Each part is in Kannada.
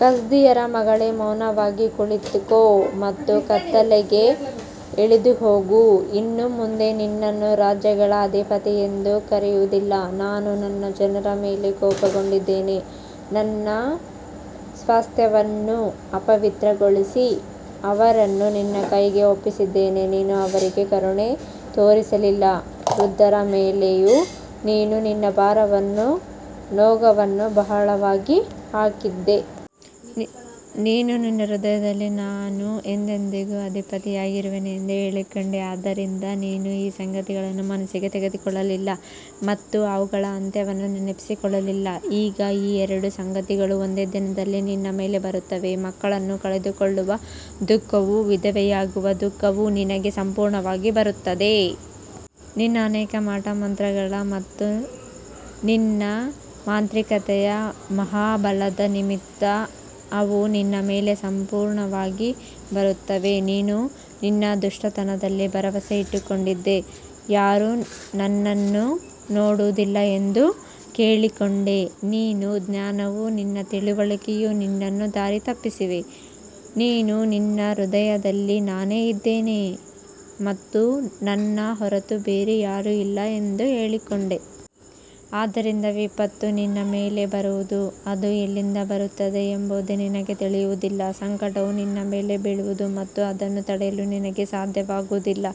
ಕಸ್ದೀಯರ ಮಗಳೇ, ಮೌನವಾಗಿ ಕುಳಿತುಕೋ ಮತ್ತು ಕತ್ತಲೆಗೆ ಇಳಿದುಹೋಗು. ಇನ್ನು ಮುಂದೆ ನಿನ್ನನ್ನು ರಾಜ್ಯಗಳ ಅಧಿಪತಿಯೆಂದು ಕರೆಯುವುದಿಲ್ಲ. ನಾನು ನನ್ನ ಜನರ ಮೇಲೆ ಕೋಪಗೊಂಡಿದ್ದೆನು. ನನ್ನ ಸ್ವಾಸ್ತ್ಯವನ್ನು ಅಪವಿತ್ರಗೊಳಿಸಿ ಅವರನ್ನು ನಿನ್ನ ಕೈಗೆ ಒಪ್ಪಿಸಿದ್ದೆನು. ನೀನು ಅವರಿಗೆ ಕರುಣೆ ತೋರಿಸಲಿಲ್ಲ. ವೃದ್ಧರ ಮೇಲೆಯೂ ನೀನು ನಿನ್ನ ಭಾರವಾದ ನೊಗವನ್ನು ಬಹಳವಾಗಿ ಹಾಕಿದ್ದೆ. ನೀನು ನಿನ್ನ ಹೃದಯದಲ್ಲಿ, ನಾನು ಎಂದೆಂದಿಗೂ ಅಧಿಪತಿಯಾಗಿರುವೆನು ಎಂದು ಹೇಳಿಕೊಂಡೆ. ಆದ್ದರಿಂದ ನೀನು ಈ ಸಂಗತಿಗಳನ್ನು ಮನಸ್ಸಿಗೆ ತೆಗೆದುಕೊಳ್ಳಲಿಲ್ಲ ಮತ್ತು ಅವುಗಳ ಅಂತ್ಯವನ್ನು ನೆನಪಿಸಿಕೊಳ್ಳಲಿಲ್ಲ. ಈಗ ಈ ಎರಡು ಸಂಗತಿಗಳು ಒಂದೇ ದಿನದಲ್ಲಿ ನಿನ್ನ ಮೇಲೆ ಬರುತ್ತವೆ. ಮಕ್ಕಳನ್ನು ಕಳೆದುಕೊಳ್ಳುವ ದುಃಖವೂ ವಿಧವೆಯಾಗುವ ದುಃಖವೂ ನಿನಗೆ ಸಂಪೂರ್ಣವಾಗಿ ಬರುತ್ತವೆ. ನಿನ್ನ ಅನೇಕ ಮಾಟಮಂತ್ರಗಳ ಮತ್ತು ನಿನ್ನ ಮಾಂತ್ರಿಕತೆಯ ಮಹಾ ಬಲದ ನಿಮಿತ್ತ ಅವು ನಿನ್ನ ಮೇಲೆ ಸಂಪೂರ್ಣವಾಗಿ ಬರುತ್ತವೆ. ನೀನು ನಿನ್ನ ದುಷ್ಟತನದಲ್ಲಿ ಭರವಸೆ ಇಟ್ಟುಕೊಂಡಿದ್ದೆ. ಯಾರೂ ನನ್ನನ್ನು ನೋಡುವುದಿಲ್ಲ ಎಂದು ಹೇಳಿಕೊಂಡೆ. ನಿನ್ನ ಜ್ಞಾನವೂ ನಿನ್ನ ತಿಳುವಳಿಕೆಯೂ ನಿನ್ನನ್ನು ದಾರಿ ತಪ್ಪಿಸಿವೆ. ನೀನು ನಿನ್ನ ಹೃದಯದಲ್ಲಿ, ನಾನೇ ಇದ್ದೇನೆ ಮತ್ತು ನನ್ನ ಹೊರತು ಬೇರೆ ಯಾರೂ ಇಲ್ಲ ಎಂದು ಹೇಳಿಕೊಂಡೆ. ಆದ್ದರಿಂದ ವಿಪತ್ತು ನಿನ್ನ ಮೇಲೆ ಬರುವುದು. ಅದು ಎಲ್ಲಿಂದ ಬರುತ್ತದೆ ಎಂಬುದು ನಿನಗೆ ತಿಳಿಯುವುದಿಲ್ಲ. ಸಂಕಟವು ನಿನ್ನ ಮೇಲೆ ಬೀಳುವುದು ಮತ್ತು ಅದನ್ನು ತಡೆಯಲು ನಿನಗೆ ಸಾಧ್ಯವಾಗುವುದಿಲ್ಲ.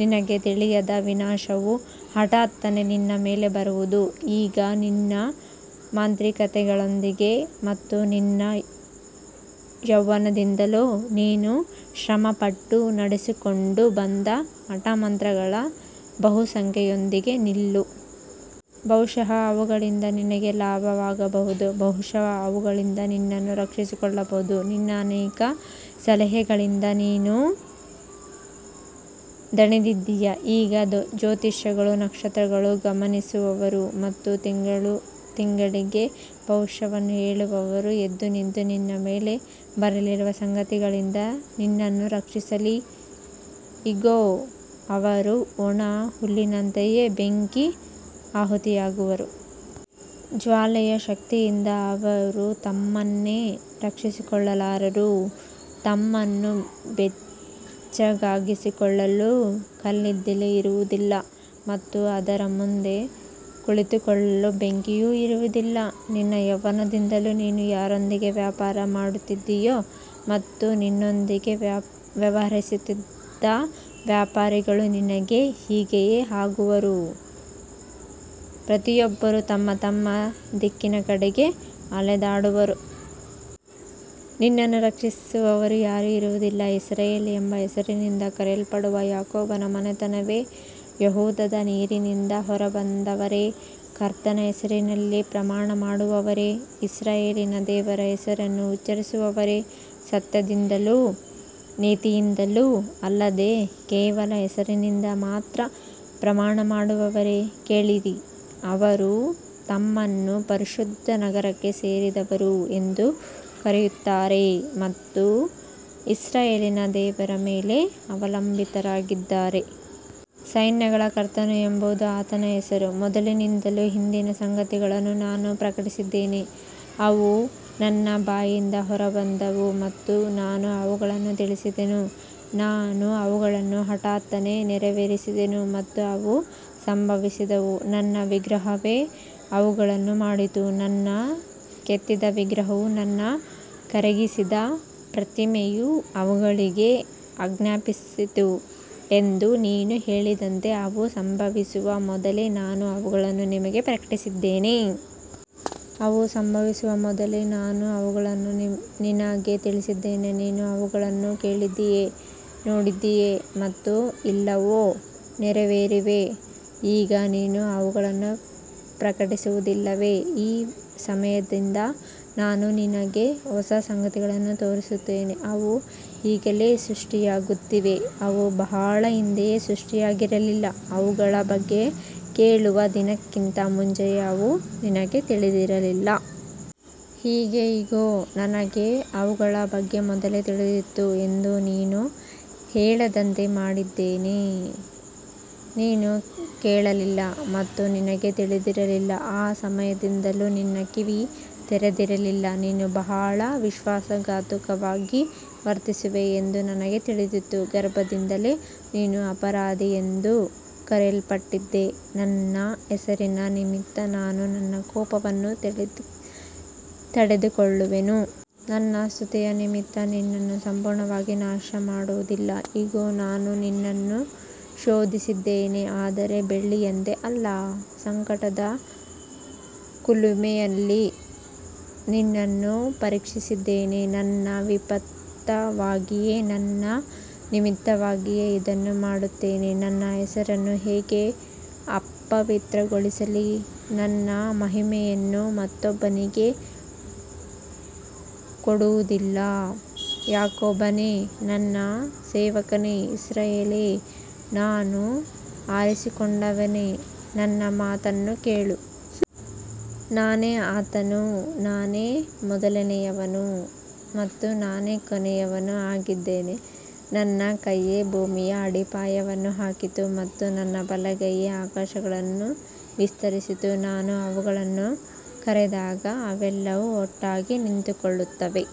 ನಿನಗೆ ತಿಳಿಯದ ವಿನಾಶವು ಹಠಾತ್ತನೆ ನಿನ್ನ ಮೇಲೆ ಬರುವುದು. ಈಗ ನಿನ್ನ ಮಾಂತ್ರಿಕತೆಗಳೊಂದಿಗೆ ಮತ್ತು ನಿನ್ನ ಯೌವನದಿಂದಲೂ ನೀನು ಶ್ರಮಪಟ್ಟು ನಡೆಸಿಕೊಂಡು ಬಂದ ಮಾಟಮಂತ್ರಗಳ ಬಹುಸಂಖ್ಯೆಯೊಂದಿಗೆ ನಿಲ್ಲು. ಬಹುಶಃ ಅವುಗಳಿಂದ ನಿನಗೆ ಲಾಭವಾಗಬಹುದು. ಬಹುಶಃ ಅವುಗಳಿಂದ ನಿನ್ನನ್ನು ರಕ್ಷಿಸಿಕೊಳ್ಳಬಹುದು. ನಿನ್ನ ಅನೇಕ ಸಲಹೆಗಳಿಂದ ನೀನು ದಣಿದಿದ್ದೀಯ. ಈಗ ಜ್ಯೋತಿಷಿಗಳು, ನಕ್ಷತ್ರಗಳನ್ನು ಗಮನಿಸುವವರು ಮತ್ತು ತಿಂಗಳುತಿಂಗಳಿಗೆ ಭವಿಷ್ಯವನ್ನು ಹೇಳುವವರು ಎದ್ದು ನಿಂತು ನಿನ್ನ ಮೇಲೆ ಬರಲಿರುವ ಸಂಗತಿಗಳಿಂದ ನಿನ್ನನ್ನು ರಕ್ಷಿಸಲಿ. ಇಗೋ, ಅವರು ಒಣ ಹುಲ್ಲಿನಂತೆಯೇ ಬೆಂಕಿಗೆ ಆಹುತಿಯಾಗುವರು. ಜ್ವಾಲೆಯ ಶಕ್ತಿಯಿಂದ ಅವರು ತಮ್ಮನ್ನೇ ರಕ್ಷಿಸಿಕೊಳ್ಳಲಾರರು. ತಮ್ಮನ್ನು ಬೆಚ್ಚಗಾಗಿಸಿಕೊಳ್ಳಲು ಕಲ್ಲಿದ್ದಲೂ ಇರುವುದಿಲ್ಲ ಮತ್ತು ಅದರ ಮುಂದೆ ಕುಳಿತುಕೊಳ್ಳಲು ಬೆಂಕಿಯೂ ಇರುವುದಿಲ್ಲ. ನಿನ್ನ ಯೌವನದಿಂದಲೂ ನೀನು ಯಾರೊಂದಿಗೆ ವ್ಯಾಪಾರ ಮಾಡುತ್ತಿದ್ದೀಯೋ ಮತ್ತು ನಿನ್ನೊಂದಿಗೆ ವ್ಯವಹರಿಸುತ್ತಿದ್ದ ವ್ಯಾಪಾರಿಗಳೂ ನಿನಗೆ ಹೀಗೆಯೇ ಆಗುವರು. ಪ್ರತಿಯೊಬ್ಬರೂ ತಮ್ಮ ತಮ್ಮ ದಿಕ್ಕಿನ ಕಡೆಗೆ ಅಲೆದಾಡುವರು. ನಿನ್ನನ್ನು ರಕ್ಷಿಸುವವರು ಯಾರೂ ಇರುವುದಿಲ್ಲ. ಇಸ್ರಾಯೇಲ್ ಎಂಬ ಹೆಸರಿನಿಂದ ಕರೆಯಲ್ಪಡುವ ಯಾಕೋಬನ ಮನೆತನವೇ, ಯೆಹೂದದ ನೀರಿನಿಂದ ಹೊರಬಂದವರೇ, ಕರ್ತನ ಹೆಸರಿನಲ್ಲಿ ಪ್ರಮಾಣಮಾಡುವವರೇ, ಇಸ್ರಾಯೇಲಿನ ದೇವರ ಹೆಸರನ್ನು ಉಚ್ಚರಿಸುವವರೇ, ಸತ್ಯದಿಂದಲೂ ನೀತಿಯಿಂದಲೂ ಅಲ್ಲದೆ ಕೇವಲ ಹೆಸರಿನಿಂದ ಮಾತ್ರ ಪ್ರಮಾಣಮಾಡುವವರೇ, ಕೇಳಿರಿ. ಅವರು ತಮ್ಮನ್ನು ಪರಿಶುದ್ಧ ನಗರಕ್ಕೆ ಸೇರಿದವರು ಎಂದು ಕರೆಯುತ್ತಾರೆ ಮತ್ತು ಇಸ್ರಾಯೇಲಿನ ದೇವರ ಮೇಲೆ ಅವಲಂಬಿತರಾಗಿದ್ದಾರೆ. ಸೈನ್ಯಗಳ ಕರ್ತನು ಎಂಬುದು ಆತನ ಹೆಸರು. ಮೊದಲಿನಿಂದಲೂ ಹಿಂದಿನ ಸಂಗತಿಗಳನ್ನು ನಾನು ಪ್ರಕಟಿಸಿದ್ದೇನೆ. ಅವು ನನ್ನ ಬಾಯಿಂದ ಹೊರಬಂದವು ಮತ್ತು ನಾನು ಅವುಗಳನ್ನು ತಿಳಿಸಿದೆನು. ನಾನು ಅವುಗಳನ್ನು ಹಠಾತ್ತನೆ ನೆರವೇರಿಸಿದೆನು ಮತ್ತು ಅವು ಸಂಭವಿಸಿದವು. ನನ್ನ ವಿಗ್ರಹವೇ ಅವುಗಳನ್ನು ಮಾಡಿತು, ನನ್ನ ಕೆತ್ತಿದ ವಿಗ್ರಹವೂ ನನ್ನ ಕರಗಿಸಿದ ಪ್ರತಿಮೆಯೂ ಅವುಗಳಿಗೆ ಆಜ್ಞಾಪಿಸಿತು ಎಂದು ನೀನು ಹೇಳದಂತೆ, ಅವು ಸಂಭವಿಸುವ ಮೊದಲೇ ನಾನು ಅವುಗಳನ್ನು ನಿನಗೆ ಪ್ರಕಟಿಸಿದ್ದೇನೆ. ಅವು ಸಂಭವಿಸುವ ಮೊದಲೇ ನಾನು ಅವುಗಳನ್ನು ನಿನಗೆ ತಿಳಿಸಿದ್ದೇನೆ. ನೀನು ಅವುಗಳನ್ನು ಕೇಳಿದ್ದೀಯೆ, ನೋಡಿದ್ದೀಯೆ ಮತ್ತು ಇವೆಲ್ಲವೂ ನೆರವೇರಿವೆ. ಈಗ ನೀನು ಅವುಗಳನ್ನು ಪ್ರಕಟಿಸುವುದಿಲ್ಲವೇ? ಈ ಸಮಯದಿಂದ ನಾನು ನಿನಗೆ ಹೊಸ ಸಂಗತಿಗಳನ್ನು ತೋರಿಸುತ್ತೇನೆ. ಅವು ಈಗಲೇ ಸೃಷ್ಟಿಯಾಗುತ್ತಿವೆ. ಅವು ಬಹಳ ಹಿಂದೆಯೇ ಸೃಷ್ಟಿಯಾಗಿರಲಿಲ್ಲ. ಅವುಗಳ ಬಗ್ಗೆ ಕೇಳುವ ದಿನಕ್ಕಿಂತ ಮುಂಚೆಯೇ ಅವು ನಿನಗೆ ತಿಳಿದಿರಲಿಲ್ಲ. ಹೀಗೆ, ಇಗೋ, ನನಗೆ ಅವುಗಳ ಬಗ್ಗೆ ಮೊದಲೇ ತಿಳಿದಿತ್ತು ಎಂದು ನೀನು ಹೇಳದಂತೆ ಮಾಡಿದ್ದೇನೆ. ನೀನು ಕೇಳಲಿಲ್ಲ ಮತ್ತು ನಿನಗೆ ತಿಳಿದಿರಲಿಲ್ಲ. ಆ ಸಮಯದಿಂದಲೂ ನಿನ್ನ ಕಿವಿ ತೆರೆದಿರಲಿಲ್ಲ. ನೀನು ಬಹಳ ವಿಶ್ವಾಸಘಾತುಕವಾಗಿ ವರ್ತಿಸುವೆ ಎಂದು ನನಗೆ ತಿಳಿದಿತ್ತು. ಗರ್ಭದಿಂದಲೇ ನೀನು ಅಪರಾಧಿಯೆಂದು ಕರೆಯಲ್ಪಟ್ಟಿದ್ದೆ. ನನ್ನ ಹೆಸರಿನ ನಿಮಿತ್ತ ನಾನು ನನ್ನ ಕೋಪವನ್ನು ತಡೆದುಕೊಳ್ಳುವೆನು. ನನ್ನ ಸ್ತುತಿಯ ನಿಮಿತ್ತ ನಿನ್ನನ್ನು ಸಂಪೂರ್ಣವಾಗಿ ನಾಶಮಾಡುವುದಿಲ್ಲ. ಇಗೋ, ನಾನು ನಿನ್ನನ್ನು ಶೋಧಿಸಿದ್ದೇನೆ, ಆದರೆ ಬೆಳ್ಳಿಯಂತೆ ಅಲ್ಲ. ಸಂಕಟದ ಕುಲುಮೆಯಲ್ಲಿ ನಿನ್ನನ್ನು ಪರೀಕ್ಷಿಸಿದ್ದೇನೆ. ನನ್ನ ನಿಮಿತ್ತವಾಗಿಯೇ, ನನ್ನ ನಿಮಿತ್ತವಾಗಿಯೇ ಇದನ್ನು ಮಾಡುತ್ತೇನೆ. ನನ್ನ ಹೆಸರನ್ನು ಹೇಗೆ ಅಪವಿತ್ರಗೊಳಿಸಲಿ? ನನ್ನ ಮಹಿಮೆಯನ್ನು ಮತ್ತೊಬ್ಬನಿಗೆ ಕೊಡುವುದಿಲ್ಲ. ಯಾಕೋಬನೇ, ನನ್ನ ಸೇವಕನೇ, ಇಸ್ರಾಯೇಲೇ, ನಾನು ಆರಿಸಿಕೊಂಡವನೇ, ನನ್ನ ಮಾತನ್ನು ಕೇಳು. ನಾನೇ ಆತನು. ನಾನೇ ಮೊದಲನೆಯವನು ಮತ್ತು ನಾನೇ ಕೊನೆಯವನೂ ಆಗಿದ್ದೇನೆ. ನನ್ನ ಕೈಯೇ ಭೂಮಿಯ ಅಡಿಪಾಯವನ್ನು ಹಾಕಿತು ಮತ್ತು ನನ್ನ ಬಲಗೈಯೇ ಆಕಾಶಗಳನ್ನು ವಿಸ್ತರಿಸಿತು. ನಾನು ಅವುಗಳನ್ನು ಕರೆದಾಗ ಅವೆಲ್ಲವೂ ಒಟ್ಟಾಗಿ ನಿಂತುಕೊಳ್ಳುತ್ತವೆ.